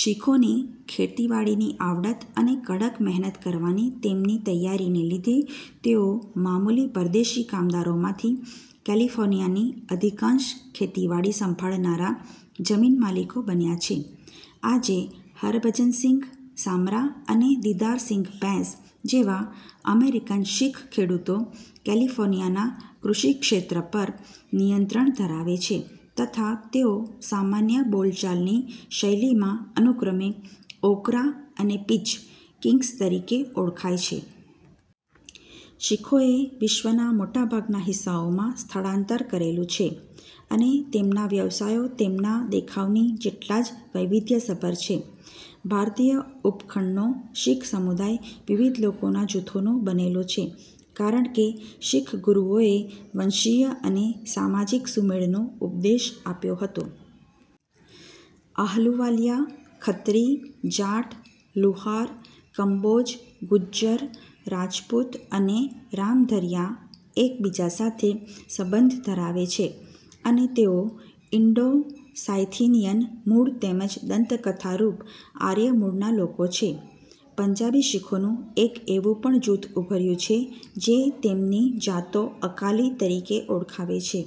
શીખોની ખેતીવાડીની આવડત અને કડક મહેનત કરવાની તેમની તૈયારીને લીધે તેઓ મામૂલી પરદેશી કામદારોમાંથી કેલિફોર્નિયાની અધિકાંશ ખેતીવાડી સંભાળનારા જમીન માલિકો બન્યાં છે. આજે હરભજનસિંઘ સામરા અને દિદારસિંઘ બૈંસ જેવા અમેરિકન શીખ ખેડૂતો કેલિફોર્નિયાના કૃષિક્ષેત્ર પર નિયંત્રણ ધરાવે છે તથા તેઓ સામાન્ય બોલચાલની શૈલીમાં અનુક્રમે "ઓકરા" અને "પીચ" કિંગ્સ તરીકે ઓળખાય છે. શીખોએ વિશ્વનાં મોટાભાગના હિસ્સાઓમાં સ્થળાંતર કરેલું છે અને તેમના વ્યવસાયો તેમનાં દેખાવની જેટલા જ વૈવિધ્યસભર છે. ભારતીય ઉપખંડનો શીખ સમુદાય વિવિધ લોકોના જૂથોનો બનેલો છે કારણકે શીખ ગુરુઓએ વંશીય અને સામાજિક સુમેળનો ઉપદેશ આપ્યો હતો. આહલુવાલિયા, ખત્રી, જાટ, લુહાર, કંબોજ, ગુજ્જર, રાજપુત અને રામઘરિયા એકબીજા સાથે સંબંધ ધરાવે છે અને તેઓ ઈન્ડો-સાયથિનીયન મૂળ તેમજ દંતકથારૂપ આર્ય મૂળના લોકો છે. પંજાબી શીખોનું એક એવુ પણ જૂથ ઉભર્યુ છે જે તેમની જાતો અકાલી તરીકે ઓળખાવે છે.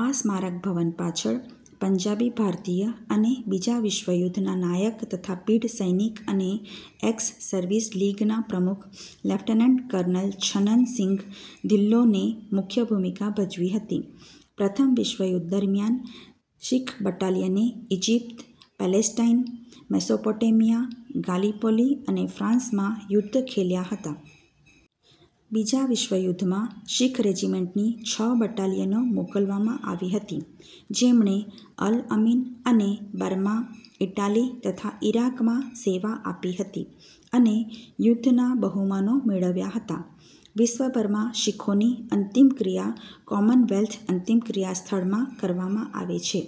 આ સ્મારક ભવન પાછળ પંજાબી ભારતીય અને બીજા વિશ્વયુદ્ધનાં નાયક તથા પીઢ સૈનિક અને એક્સ-સર્વિસ લીગ નાં પ્રમુખ લેફ્ટનન્ટ કર્નલ છનન સિંઘ ધિલ્લોને મુખ્ય ભૂમિકા ભજવી હતી. પ્રથમ વિશ્વયુદ્ધ દરમિયાન, શીખ બટાલિયને ઈજિપ્ત, પેલેસ્ટાઈન, મેસોપોટેમિયા, ગાલીપોલી અને ફ્રાન્સમાં યુદ્ધ ખેલ્યાં હતા. બીજા વિશ્વયુદ્ધમાં શીખ રેજિમેન્ટની છ બટાલિયનો મોકલવામાં આવી હતી, જેમણે અલ અમીન અને બર્મા, ઈટાલી તથા ઈરાકમાં સેવા આપી હતી અને યુદ્ધના બહુમાનો મેળવ્યાં હતા. વિશ્વભરમાં શીખોની અંતિમક્રિયા કોમનવેલ્થ અંતિમક્રિયા સ્થળમાં કરવામાં આવે છે.